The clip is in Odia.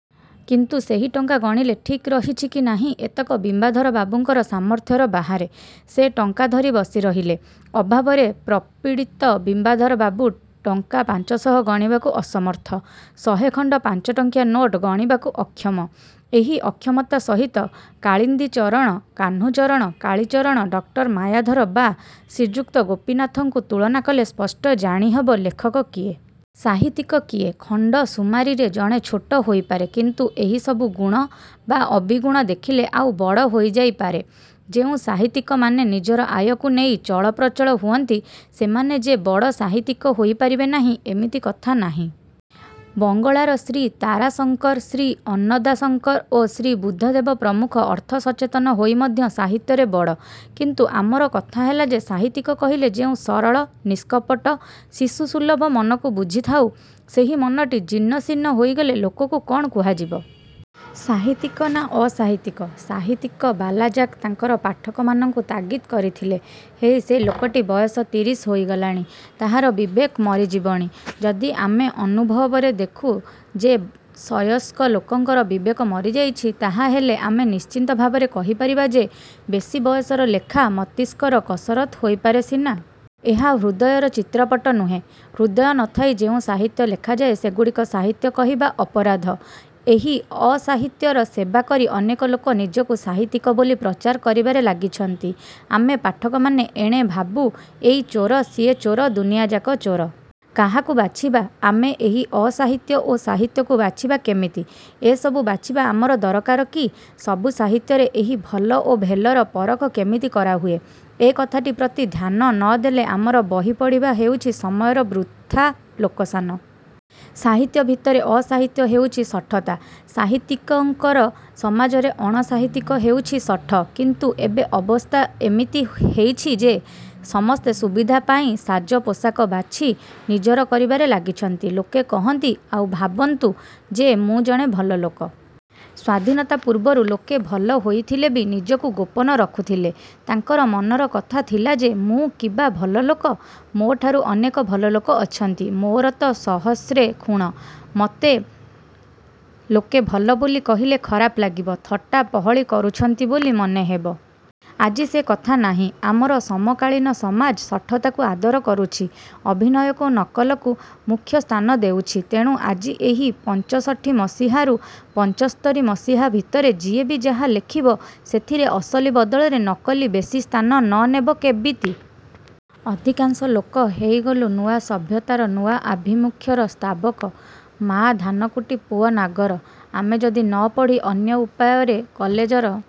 କିନ୍ତୁ ସେହି ଟଙ୍କା ଗଣିଲେ ଠିକ୍ ରହିଛି କି ନାହିଁ-ଏତକ ବିମ୍ବାଧରବାବୁଙ୍କର ସାମର୍ଥ୍ୟର ବାହାରେ। ସେ ଟଙ୍କା। ଧରି ବସି ରହିଲେ। ଅଭାବରେ ପ୍ରପୀଡ଼ିତ ବିମ୍ବାଧରବାବୁ ଟଙ୍କା ପାଞ୍ଚଶହ ଗଣିବାକୁ ଅସମର୍ଥ। ଶହେ ଖଣ୍ଡ ପାଞ୍ଚଟଙ୍କିଆ ନୋଟ୍ ଗଣିବାକୁ ଅକ୍ଷମ। ଏହି ଅକ୍ଷମତା ସହିତ କାଳିନ୍ଦୀଚରଣ, କାହ୍ନୁଚରଣ, କାଳିଚରଣ, ଡକ୍ଟର ମାୟାଧର ବା ଶ୍ରୀଯୁକ୍ତ ଗୋପୀନାଥଙ୍କୁ ତୁଳନା କଲେ ସ୍ପଷ୍ଟ ଜାଣିହବ ଲେଖକ କିଏ? ସାହିତ୍ୟିକ କିଏ? ଖଣ୍ଡ ସୁମାରିରେ ଜଣେ ଛୋଟ ହୋଇପାରେ; କିନ୍ତୁ ଏହି ସବୁ ଗୁଣ ବା ଅବିଗୁଣ ଦେଖିଲେ ଆଉ ବଡ଼ ହୋଇଯାଇ ପାରେ। ଯେଉଁ ସାହିତ୍ୟିକମାନେ ନିଜର ଆୟକୁ ନେଇ ଚଳପ୍ରଚଳ ହୁଅନ୍ତି ସେମାନେ ଯେ ବଡ଼ ସାହିତ୍ୟିକ ହୋଇ ପାରିବେ ନାହିଁ-ଏମିତି କଥା ନାହିଁ। ବଙ୍ଗଳାର ଶ୍ରୀ ତାରାଶଙ୍କର, ଶ୍ରୀ ଅନ୍ନଦା ଶଙ୍କର ଓ ଶ୍ରୀ ବୁଦ୍ଧଦେବ ପ୍ରମୁଖ ଅର୍ଥସଚେତନ ହୋଇ ମଧ୍ୟ ସାହିତ୍ୟରେ ବଡ଼। କିନ୍ତୁ ଆମର କଥା ହେଲା ଯେ ସାହିତ୍ୟିକ କହିଲେ ଯେଉଁ ସରଳ, ନିଷ୍କପଟ ଶିଶୁସୁଲଭ ମନକୁ ବୁଝିଥାଉ ସେହି ମନଟି ଜୀର୍ଣ୍ଣଶୀର୍ଣ୍ଣ ହୋଇଗଲେ ଲୋକକୁ କ'ଣ କୁହାଯିବ? -ସାହିତ୍ୟିକ ନା ଅସାହିତ୍ୟିକ। ସାହିତ୍ୟିକ ବାଲାଜାକ୍ ତାଙ୍କର ପାଠକମାନଙ୍କୁ ତାଗିଦ୍ କରିଥିଲେ-ହେଇ, ସେ ଲୋକଟି ବୟସ ତିରିଶି ହୋଇଗଲାଣି। ତାହାର ବିବେକ ମରିଯିବଣି। ଯଦି ଆମେ ଅନୁଭବରେ ଦେଖୁ ଯେ ସୟସ୍କ ଲୋକଙ୍କର ବିବେକ ମରିଯାଇଛି ତାହା ହେଲେ ଆମେ ନିଶ୍ଚିତ ଭାବରେ କହିପାରିବା ଯେ ବେଶି ବୟସର ଲେଖା ମସ୍ତିଷ୍କର କସରତ ହୋଇପାରେ ସିନା। ଏହା ହୃଦୟର ଚିତ୍ରପଟ ନୁହେଁ। ହୃଦୟ ନ ଥାଇ ଯେଉଁ ସାହିତ୍ୟ ଲେଖାଯାଏ ସେଗୁଡ଼ିକ ସାହିତ୍ୟ କହିବା ଅପରାଧ। ଏହି ଅ-ସାହିତ୍ୟର ସେବା କରି ଅନେକ ଲୋକ ନିଜକୁ ସାହିତ୍ୟିକ ବୋଲି ପ୍ରଚାର କରିବାରେ ଲାଗିଛନ୍ତି। ଆମେ ପାଠକମାନେ ଏଣେ ଭାବୁ-ଏଇ ଚୋର, ସିଏ ଚୋର, ଦୁନିଆଯାକ ଚୋର। କାହାକୁ ବାଛିବା? ଆମେ ଏହି ଅ ସାହିତ୍ୟ ଓ ସାହିତ୍ୟକୁ ବାଛିବା କେମିତି? ଏସବୁ ବାଛିବା ଆମର ଦରକାର କି? ସବୁ ସାହିତ୍ୟରେ ଏହି ଭଲ ଓ ଭେଲର ପରଖ କେମିତି କରାହୁଏ? ଏକଥାଟି ପ୍ରତି ଧ୍ୟାନ ନ ଦେଲେ ଆମର ବହି ପଢ଼ିବା ହେଉଛି ସମୟର ବୃଥା ଲୋକସାନ। ସାହିତ୍ୟ ଭିତରେ ଅସାହିତ୍ୟ ହେଉଛି ଶଠତା। ସାହିତ୍ୟିକଙ୍କର ସମାଜରେ ଅଣ-ସାହିତ୍ୟିକ ହେଉଛି ଶଠ। କିନ୍ତୁ ଏବେ ଅବସ୍ଥା ଏମିତି ହେଇଛି ଯେ ସମସ୍ତେ ସୁବିଧା ପାଇଁ ସାଜ ପୋଷାକ ବାଛି ନିଜର କରିବାରେ ଲାଗିଛନ୍ତି-ଲୋକେ କହନ୍ତି ଆଉ ଭାବନ୍ତୁ ଯେ ମୁଁ ଜଣେ ଭଲ ଲୋକ। ସ୍ୱାଧୀନତା ପୂର୍ବରୁ ଲୋକେ ଭଲ ହୋଇଥିଲେ ବି ନିଜକୁ ଗୋପନ ରଖୁଥିଲେ। ତାଙ୍କର ମନର କଥା ଥିଲା ଯେ-ମୁଁ କିବା ଭଲ ଲୋକ? ମୋ' ଠାରୁ ଅନେକ ଭଲ ଲୋକ ଅଛନ୍ତି-। ମୋର ତ ସହସ୍ରେ ଖୁଣ। ମତେ ଲୋକେ ଭଲ ବୋଲି କହିଲେ ଖରାପ ଲାଗିବ-ଥଟ୍ଟା ପହଳି କରୁଛନ୍ତି ବୋଲି ମନେ ହେବ। ଆଜି ସେ କଥା ନାହିଁ। ଆମର ସମକାଳୀନ ସମାଜ୍ ଶଠତାକୁ ଆଦର କରୁଛି-ଅଭିନୟକୁ ନକଲକୁ ମୁଖ୍ୟସ୍ଥାନ ଦେଉଛି। ତେଣୁ ଆଜି ଏହି ପଞ୍ଚଷଠୀ ମସିହାରୁ ପଞ୍ଚସ୍ତରୀ ମସିହା ଭିତରେ ଯିଏ ବି ଯାହା ଲେଖିବ ସେଥିରେ ଅସଲି ବଦଳରେ ନକଲି ବେଶି ସ୍ଥାନ ନ ନେବ କେବିତି? ଅଧିକାଂଶ ଲୋକ ହେଇଗଲୁ ନୂଆ ସଭ୍ୟତାର ନୂଆ ଆଭିମୁଖ୍ୟର ସ୍ତାବକ-ମାଆ ଧାନକୁଟି ପୁଅ ନାଗର। ଆମେ ଯଦି ନ ପଢ଼ି ଅନ୍ୟ ଉପାୟରେ କଲେଜର